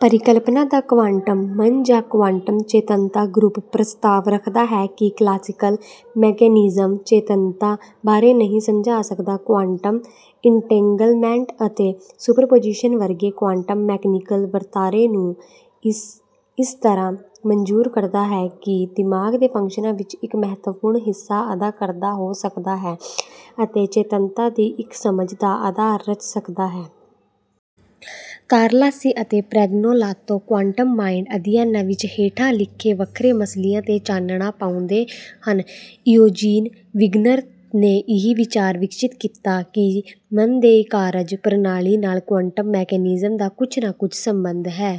ਪਰਿਕਲਪਨਾ ਦਾ ਕੁਆਂਟਮ ਮਨ ਜਾਂ ਕੁਆਂਟਮ ਚੇਤੰਨਤਾ ਗਰੁੱਪ ਪ੍ਰਸਤਾਵ ਰੱਖਦਾ ਹੈ ਕਿ ਕਲਾਸੀਕਲ ਮਕੈਨਿਕਸ ਚੇਤੰਨਤਾ ਬਾਰੇ ਨਹੀਂ ਸਮਝਾ ਸਕਦਾ। ਕੁਆਂਟਮ ਇੰਟੈਂਗਲਮੈਂਟ ਅਤੇ ਸੁਪਰਪੁਜੀਸ਼ਨ ਵਰਗੇ ਕੁਆਂਟਮ ਮਕੈਨੀਕਲ ਵਰਤਾਰੇ ਨੂੰ ਇਹ ਇਸ ਤਰਾਂ ਮਨਜ਼ੂਰ ਕਰਦਾ ਹੈ ਕਿ ਇਹ ਦਿਮਾਗ ਦੇ ਫੰਕਸ਼ਨਾਂ ਵਿੱਚ ਇੱਕ ਮਹੱਤਵਪੂਰਨ ਹਿੱਸਾ ਅਦਾ ਕਰਦਾ ਹੋ ਸਕਦਾ ਹੈ ਅਤੇ ਚੇਤੰਨਤਾ ਦੀ ਇੱਕ ਸਮਝ ਦਾ ਅਧਾਰ ਰਚ ਸਕਦਾ ਹੈ। ਤਾਰਲਾਸੀ ਅਤੇ ਪ੍ਰੈਗਨੋਲਾਤੋ ਕੁਆਂਟਮ ਮਾਈਂਡ ਅਧਿਐਨਾਂ ਵਿੱਚ ਹੇਠਾਂ ਲਿਖੇ ਵੱਖਰੇ ਮਸਲਿਆਂ ਤੇ ਚਾਨਣੇ ਪਾਉਂਦੇ ਹਨ। ਇਉਜੀਨ ਵਿਗਨਰ ਨੇ ਇਹ ਵਿਚਾਰ ਵਿਕਸਿਤ ਕੀਤਾ ਕਿ ਮਨ ਦੀ ਕਾਰਜ ਪ੍ਰਣਾਲੀ ਨਾਲ ਕੁਆਂਟਮ ਮਕੈਨਿਕਸ ਦਾ ਕੁੱਝ ਨਾ ਕੁੱਝ ਸਬੰਧ ਹੈ।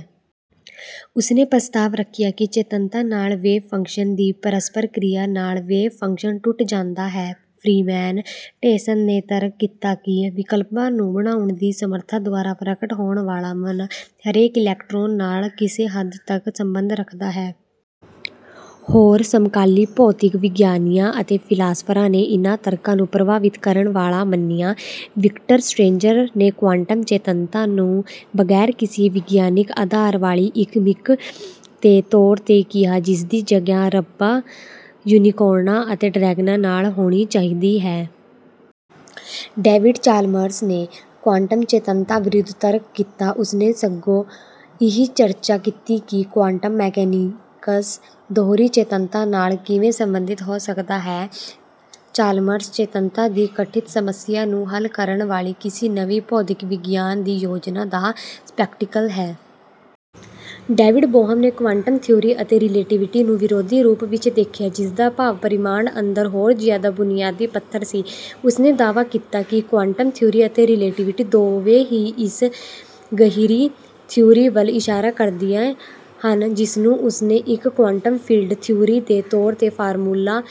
ਉਸਨੇ ਪ੍ਰਸਤਾਵ ਰੱਖਿਆ ਕਿ ਚੇਤੰਨਤਾ ਨਾਲ ਵੇਵ ਫੰਕਸ਼ਨ ਦੀ ਪਰਸਪਰ ਕ੍ਰਿਆ ਨਾਲ ਵੇਵ ਫੰਕਸ਼ਨ ਟੁੱਟ ਜਾਂਦਾ ਹੈ। ਫ੍ਰੀਮੈਨ ਡੇਅਸਨ ਨੇ ਤਰਕ ਕੀਤਾ ਕਿ ਵਿਕਲਪਾਂ ਨੂੰ ਬਣਾਉਣ ਦੀ ਸਮਰਥਾ ਦੁਆਰਾ ਪ੍ਰਗਟ ਹੋਣ ਵਾਲਾ ਮਨ ਹਰੇਕ ਇਲੈਕਟ੍ਰੌਨ ਨਾਲ ਕਿਸੇ ਹੱਦ ਤੱਕ ਸਬੰਧ ਰੱਖਦਾ ਹੈ। ਹੋਰ ਸਮਕਾਲੀ ਭੌਤਿਕ ਵਿਗਿਆਨੀਆਂ ਅਤੇ ਫਿਲਾਸਫਰਾਂ ਨੇ ਇਹਨਾਂ ਤਰਕਾਂ ਨੂੰ ਪ੍ਰਭਾਵਿਤ ਕਰਨ ਵਾਲੇ ਮੰਨਿਆ। ਵਿਕਟਰ ਸਟੈਂਜਰ ਨੇ ਕੁਆਂਟਮ ਚੇਤੰਨਤਾ ਨੂੰ ਬਗੈਰ ਕਿਸੇ ਵਿਗਿਆਨਿਕ ਅਧਾਰ ਵਾਲੀ ਇੱਕ ਮਿੱਥ ਦੇ ਤੌਰ ਤੇ ਕਿਹਾ ਜਿਸਦੀ ਜਗਹ ਰੱਬਾਂ ਯੂਨੀਕੌਰਨਾਂ ਅਤੇ ਡ੍ਰੈਗਨਾਂ ਨਾਲ ਹੋਣੀ ਚਾਹੀਦੀ ਹੈ। ਡੇਵਿਡ ਚਾਲਮਰਸ ਨੇ ਕੁਆਂਟਮ ਚੇਤੰਨਤਾ ਵਿਰੁੱਧ ਤਰਕ ਕੀਤਾ। ਉਸਨੇ ਸਗੋਂ ਇਹ ਚਰਚਾ ਕੀਤੀ ਕਿ ਕੁਆਂਟਮ ਮਕੈਨਿਕਸ ਦੋਹਰੀ ਚੇਤੰਨਤਾ ਨਾਲ ਕਿਵੇਂ ਸਬੰਧਿਤ ਹੋ ਸਕਦਾ ਹੈ। ਚਾਲਮਰਸ ਚੇਤੰਨਤਾ ਦੀ ਕਠਿਨ ਸਮੱਸਿਆ ਨੂੰ ਹੱਲ ਕਰਨ ਵਾਲੀ ਕਿਸੇ ਨਵੀਂ ਭੌਤਿਕ ਵਿਗਿਆਨ ਦੀ ਯੋਗਤਾ ਦਾ ਸਕੈਪਟੀਕਲ ਹੈ। ਡੇਵਿਡ ਬੋਹਮ ਨੇ ਕੁਆਂਟਮ ਥਿਊਰੀ ਅਤੇ ਰਿਲੇਟੀਵਿਟੀ ਨੂੰ ਵਿਰੋਧੀ ਰੂਪ ਵਿੱਚ ਦੇਖਿਆ ਜਿਸਦਾ ਭਾਵ ਬ੍ਰਹਿਮੰਡ ਅੰਦਰ ਹੋਰ ਜਿਆਦਾ ਬੁਨਿਆਦੀ ਪੱਧਰ ਸੀ। ਉਸਨੇ ਦਾਅਵਾ ਕੀਤਾ ਕਿ ਕੁਆਂਟਮ ਥਿਊਰੀ ਅਤੇ ਰਿਲੇਟੀਵਿਟੀ ਦੋਵੇਂ ਹੀ ਇਸ ਗਹਿਰੀ ਥਿਊਰੀ ਵੱਲ ਇਸ਼ਾਰਾ ਕਰਦੀਆਂ ਹਨ ਜਿਸਨੂੰ ਉਸਨੇ ਇੱਕ ਕੁਆਂਟਮ ਫੀਲਡ ਥਿਊਰੀ ਦੇ ਤੌਰ ਤੇ ਫਾਰਮੂਲਾ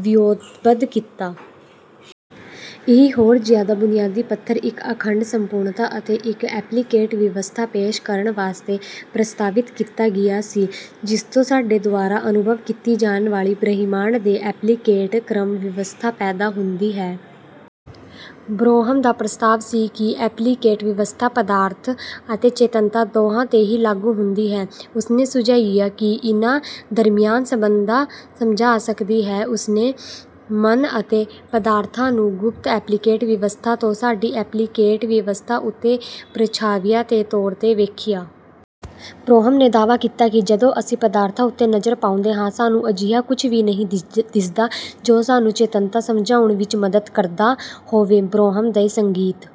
ਵਿਓਂਤਬੱਧ ਕੀਤਾ। ਇਹ ਹੋਰ ਜਿਆਦਾ ਬੁਨਿਆਦੀ ਪੱਧਰ ਇੱਕ ਅਖੰਡ ਸੰਪੂਰਣਤਾ ਅਤੇ ਇੱਕ ਇੰਪਲੀਕੇਟ ਵਿਵਸਥਾ ਪੇਸ਼ ਕਰਨ ਵਾਸਤੇ ਪ੍ਰਸਤਾਵਿਤ ਕੀਤਾ ਗਿਆ ਸੀ ਜਿਸਤੋਂ ਸਾਡੇ ਦੁਆਰਾ ਅਨੁਭਵ ਕੀਤੀ ਜਾਣ ਵਾਲੀ ਬ੍ਰਹਿਮੰਡ ਦੀ ਐਕਸਪਲੀਕੇਟ ਕ੍ਰਮ ਵਿਵਸਥਾ ਪੈਦਾ ਹੁੰਦੀ ਹੈ। ਬੋਹਮ ਦਾ ਪ੍ਰਸਤਾਵ ਸੀ ਕਿ ਇੰਪਲੀਕੇਟ ਵਿਵਸਥਾ ਪਦਾਰਥ ਅਤੇ ਚੇਤਨੰਤਾ ਦੋਹਾਂ ਤੇ ਹੀ ਲਾਗੂ ਹੁੰਦੀ ਹੈ। ਉਸਨੇ ਸੁਝਾਇਆ ਕਿ ਇਹਨਾਂ ਦਰਮਿਆਨ ਸਬੰਧ ਸਮਝਾ ਸਕਦੀ ਹੈ। ਉਸਨੇ ਮਨ ਅਤੇ ਪਦਾਰਥ ਨੂੰ ਗੁਪਤ ਇੰਪਲੀਕੇਟ ਵਿਵਸਥਾ ਤੋਂ ਸਾਡੀ ਐਕਪਲੀਕੇਟ ਵਿਵਸਥਾ ਉੱਤੇ ਪ੍ਰਛਾਵਿਆਂ ਦੇ ਤੌਰ ਤੇ ਦੇਖਿਆ। ਬੋਹਮ ਦੇ ਦਾਅਵਾ ਕੀਤਾ ਕਿ ਜਦੋਂ ਅਸੀਂ ਪਦਾਰਥ ਉੱਤੇ ਨਜ਼ਰ ਪਾਉਂਦੇ ਹਾਂ ਸਾਨੂੰ ਅਜਿਹਾ ਕੁੱਝ ਵੀ ਨਹੀਂ ਦਿਸਦਾ ਜੋ ਸਾਨੂੰ ਚੇਤਨੰਤਾ ਸਮਝਾਉਣ ਵਿੱਚ ਮੱਦਦ ਕਰਦਾ ਹੋਵੇ। ਬੋਹਮ ਨੇ ਸੰਗੀਤ